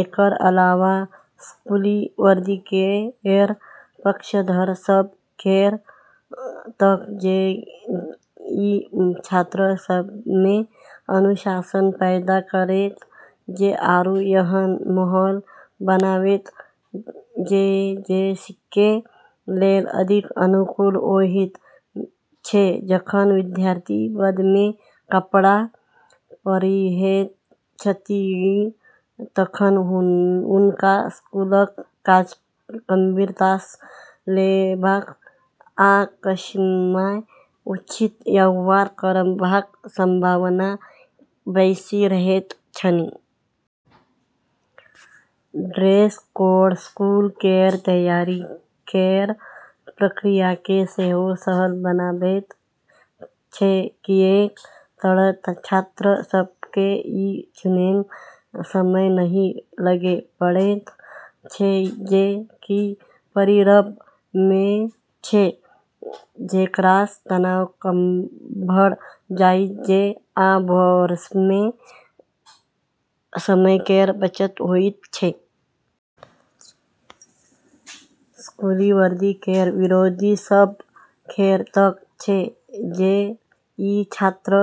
एकर अलावा स्कूली वर्दी केर पक्षधर सभ केर तर्क छै जे ई छात्र सभमे अनुशासन पैदा करैत छै आरू एहन माहौल बनाबैत छै जे सीखै लेल अधिक अनुकूल होइत छै। जखन विद्यार्थी वर्दीमे कपड़ा पहिरैत छथि तखन हुनका स्कूलक काजकेँ गंभीरतासँ लेबाक आ कक्षामे उचित व्यवहार करबाक संभावना बेसी रहैत छनि। ड्रेस कोड स्कूल केर तैयारी केर प्रक्रियाकेँ सेहो सरल बनाबैत छै, किऐक तऽ छात्र सभकेँ ई चुनैमे समय नहि लगै पड़ैत छै जे की पहिरब छै, जेकरासँ तनाव कम भऽ जाइत छै आ भोरमे समय केर बचत होइत छै। स्कूली वर्दी केर विरोधी सभ केर तर्क छै जे ई छात्र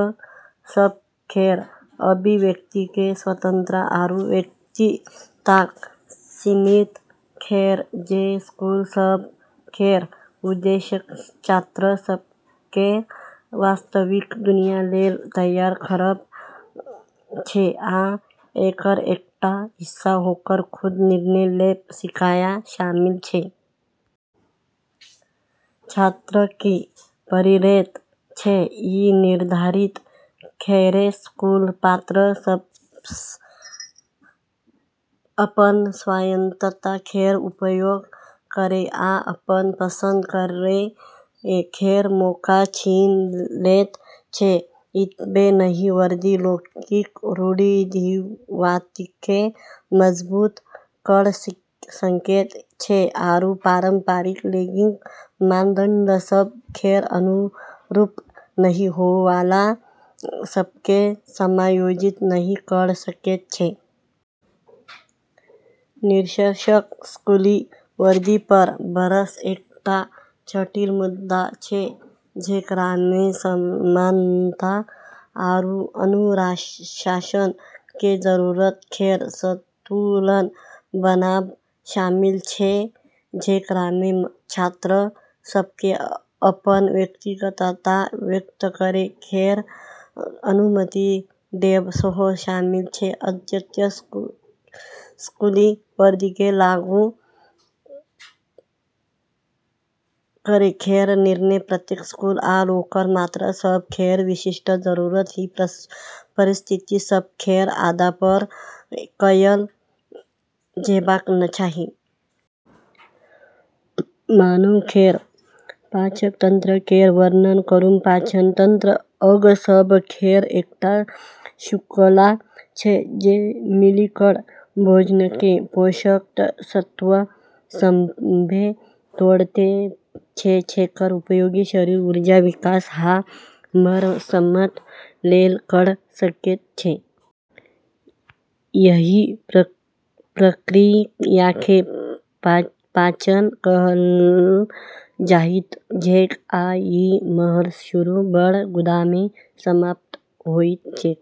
सभ केर अभिव्यक्तिकेँ स्वतंत्रता आरू व्यक्तिगतताकेँ सीमित करैत छै। स्कूल सभ केर उद्देश्य छात्र सभकेँ वास्तविक दुनिया लेल तैयार करब छै, आ एकर एकटा हिस्सा ओकरा खुद निर्णय लेब सिखाब शामिल छै। छात्र की पहिरैत छै, ई निर्धारित करैसँ स्कूल छात्र सभसँ अपन स्वायत्तता केर प्रयोग करै आ अपन पसंद करै केर मौका छीन लैत छै। एतबे नहि, वर्दी लैंगिक रूढ़िवादिताकेँ मजबूत कऽ सकैत छै आरू पारंपरिक लैंगिक मानदंड सभ केर अनुरूप नहि होइवाला छात्र सभकेँ समायोजित नहि कऽ सकैत छै। निष्कर्षतः: स्कूली वर्दीपर बहस एकटा जटिल मुद्दा छै जेकरामे समानता आरू अनुशासन केर जरूरत केर संतुलन बनाब शामिल छै, जेकरामे छात्र सभकेँ अपन व्यक्तिगतता व्यक्त करै केर अनुमति देब सेहो शामिल छै। अंततः स्कूली वर्दीकेँ लागू करै केर निर्णय प्रत्येक स्कूल आ ओकर छात्र सभ केर विशिष्ट जरूरत आ परिस्थिति सभ केर आधारपर कएल जेबाक चाही। मानव शरीर केर पाचन तंत्र केर वर्णन करू। पाचन तंत्र अंग सभ केर एकटा श्रृंखला छै जे मिलि कऽ भोजनकेँ पोषक तत्व सभमे तोड़ैत छै जेकर उपयोग शरीर ऊर्जा, विकास आ मरम्मत लेल कऽ सकैत छै। एहि प्रक्रियाकेँ पाचन कहल जाइत छैक, आ ई मुँहसँ शुरू भऽ गुदामे समाप्त होइत छैक।